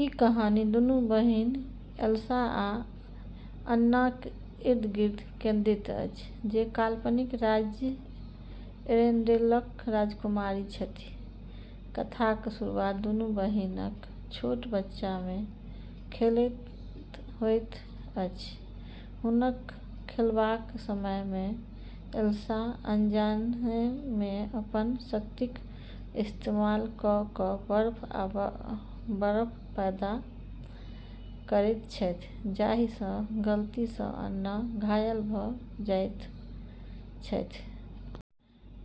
ई कहानी दुनू बहिन एल्सा आ अन्नाक इर्द-गिर्द केंद्रित अछि, जे काल्पनिक राज्य एरेंडेलके राजकुमारी छथि। कथाक शुरुआत दुनू बहिनक छोट बच्चा मे खेलैत होइत अछि। हुनक खेलबाक समय मे एल्सा अनजाने मे अपन शक्तिक इस्तेमाल कऽ कऽ बर्फ आ बरफ पैदा करैत छथि, जाही सँ गलती सँ अन्ना घायल भऽ जाइत छथि।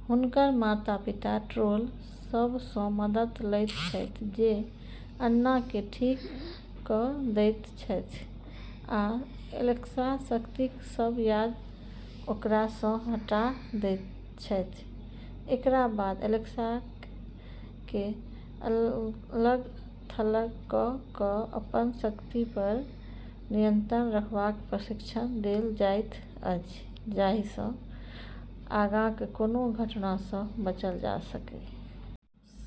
हुनक माता-पिता ट्रोल सभ सँ मदद लैत छथि, जे अन्नाके ठीक कऽ दैत छथि आ एल्साके शक्तिक सब याद ओकरा सँ हटा दैत छथि। एकरा बाद एल्साके अलग-थलग कऽ कऽ अपन शक्ति पर नियंत्रण रखबाक प्रशिक्षण देल जाइत अछि, जाही सँ आगाँक कोनो घटना सँ बचल जा सकै।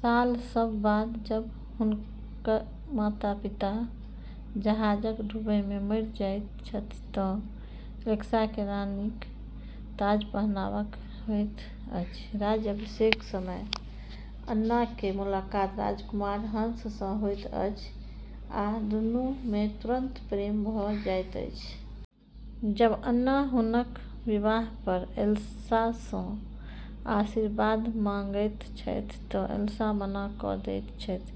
साल सभ बाद जब हुनक माता-पिता जहाजक डूबै मे मरि जाइत छथि, तँ एल्साके रानीक ताज पहनाएबक होइत अछि। राज्याभिषेकक समय अन्नाके मुलाकात राजकुमार हंस सँ होइत अछि, आ दुनू मे तुरंत प्रेम भऽ जाइत अछि। जब अन्ना हुनक बिआह पर एल्सा सँ आशीर्वाद मांगैत छथि तँ एल्सा मना कऽ दैत छथि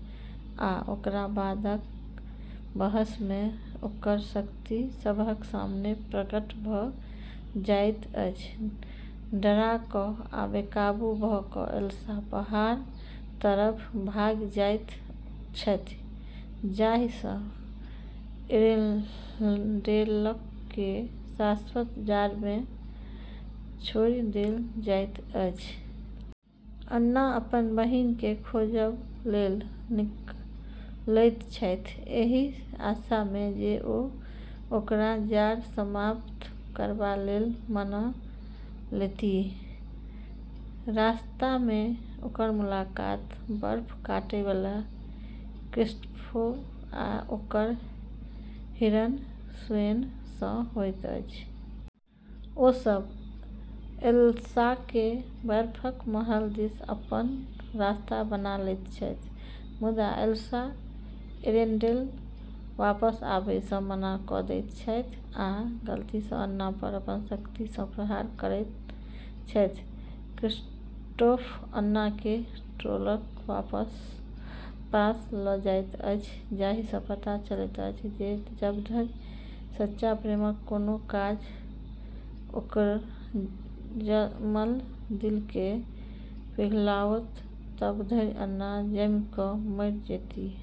आ ओकरा बादक बहस मे ओकर शक्ति सबहक सामने प्रकट भऽ जाइत अछि। डरा कऽ आ बेकाबू भऽ कऽ एल्सा पहाड़ तरफ भागि जाइत छथि, जाही सँ एरेंडेलके शाश्वत जाड़ मे छोड़ि देल जाइत अछि। अन्ना अपन बहिनके खोजब लेल निकलैत छथि, एहि आशा मे जे ओ ओकरा जाड़ समाप्त करबा लेल मना लेतीह। रास्ता मे ओकर मुलाकात बर्फ काटै बला क्रिस्टोफ आ ओकर हिरन स्वेन सँ होइत अछि। ओ सभ एल्साके बर्फक महल दिस अपन रास्ता बना लैत छथि, मुदा एल्सा एरेंडेल वापस आबै सँ मना कऽ दैत छथि, आ गलती सँ अन्ना पर अपन शक्ति सँ प्रहार करैत छथि। क्रिस्टोफ अन्नाके ट्रोलक पास लऽ जाइत अछि, जाही सँ पता चलैत अछि जे जब धरि सच्चा प्रेमक कोनो काज ओकर जमल दिलके पिघलाओत, तब धरि अन्ना जमि कऽ मरि जेतीह।